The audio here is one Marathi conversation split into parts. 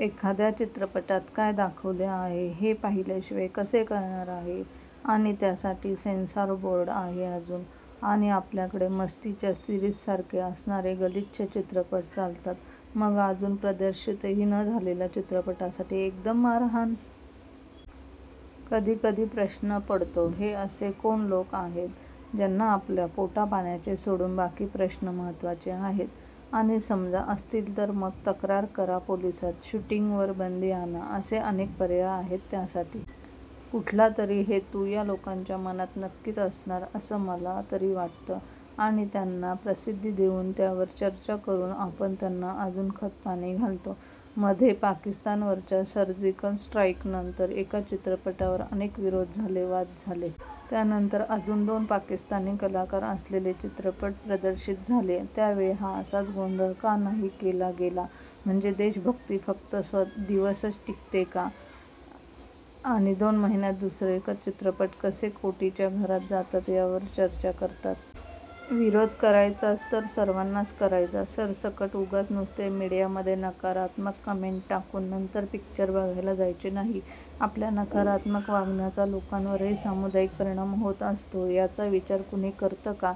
एखाद्या चित्रपटात काय दाखवले आहे हे पाहिल्याशिवाय कसे कळणार आहे? आणि त्यासाठी सेन्सॉर बोर्ड आहे अजून. आणि आपल्याकडे मस्ती च्या सिरीजसारखे असणारे गलिच्छ चित्रपट चालतात, मग अजून प्रदर्शितही न झालेल्या चित्रपटासाठी एकदम मारहाण? कधी कधी प्रश्न पडतो हे असे कोण लोक असतात ज्यांना आपल्या पोटापाण्याचे सोडून बाकी प्रश्न महत्वाचे आहेत? आणि समजा असतील तर मग तक्रार करा पोलिसात, शूटिंग वर बंदी आणा, असे अनेक पर्याय आहेत त्यासाठी. कुठला तरी हेतू या लोकांच्या मनात नक्कीच असणार असं मला तरी वाटतं आणि त्यांना प्रसिद्धी देऊन, त्यावर चर्चा करून आपण त्यांना अजून खतपाणी घालतो. मध्ये पाकिस्तानवरच्या सर्जिकल स्ट्राईक नंतर, एका चित्रपटावर अनेक विरोध झाले, वाद झाले. त्यानंतर अजून दोन पाकिस्तानी कलाकार असलेले चित्रपट प्रदर्शित झाले. त्यावेळी हा असाच गोंधळ का नाही केला गेला? म्हणजे देशभक्ती फक्त दिवसच टिकते का? आणि दोन महिन्यात, दुसरे चित्रपट कसे कोटीच्या घरात जातात यावर चर्चा करतात. विरोध करायचाच तर सर्वांनाच करायचा, सरसकट. उगाच नुसते मीडियामध्ये नकारात्मक कमेंट टाकून नंतर पिक्चर बघायला जायचे नाही. आपल्या नकारात्मक वागण्याचा लोकांवरही सामुदायिक परिणाम होत असतो याचा विचार कुणी करतं का?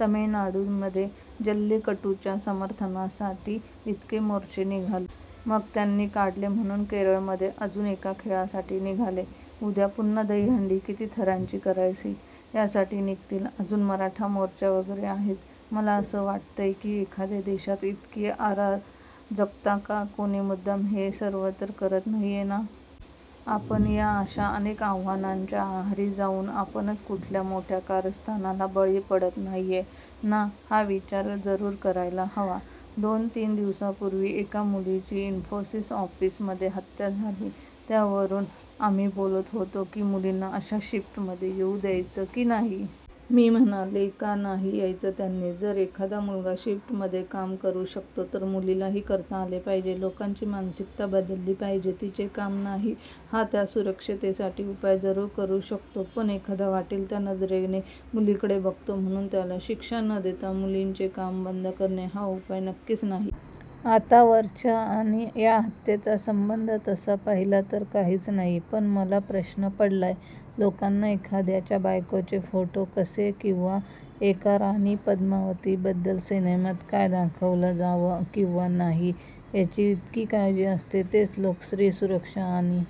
तामिळनाडू मध्ये जल्लीकटूच्या समर्थनासाठी इतके मोर्चे निघाले. मग त्यांनी काढले म्हणून केरळमध्ये अजून एका खेळासाठी निघाले. उद्या पुन्हा दहीहंडी किती थरांची करायची यासाठी निघतील. अजून मराठा मोर्चा वगैरे आहेच. मला असं वाटतंय की एखाद्या देशात इतकी अराजकता का? कोणी मुद्दाम हे सर्व तर करत नाहीये ना? आपण या अशा अनेक आवाहनांच्या आहारी जाऊन आपणच कुठल्या मोठ्या कारस्थानाला बळी पडत नाहीये ना हा विचार जरूर करायला हवा. दोन तीन दिवसांपूर्वी एका मुलीची इन्फोसिस ऑफिस मध्ये हत्या झाली. त्यावरून आम्ही बोलत होतो की मुलींना अशा शिफ्ट मध्ये येऊ द्यायचं की नाही? मी म्हणले का नाही यायचं त्यांनी? जर एखादा मुलगा शिफ्ट मध्ये काम करू शकतो तर मुलीलाही करता आले पाहिजे. लोकांची मानसिकता बदलली पाहिजे, तिचे काम नाही? हा, त्या सुरक्षिततेसाठी उपाय जरूर करू शकतो, पण एखादा वाटेल त्या नजरेने मुलीकडे बघतो म्हणून त्याला शिक्षा न देता मुलींचे काम बंद करणे हा उपाय नक्कीच नाही. आता वरच्या आणि या हत्येचा संबंध तसा पाहिला तर काहीच नाही. पण मला प्रश्न पडलाय, लोकांना एखाद्याच्या बायकोचे फोटो कसे किंवा एका राणी पद्मावती बद्दल सिनेमात काय दाखवलं जावं किंवा नाही याची इतकी काळजी असते, तेच लोक स्त्री सुरक्षा आणि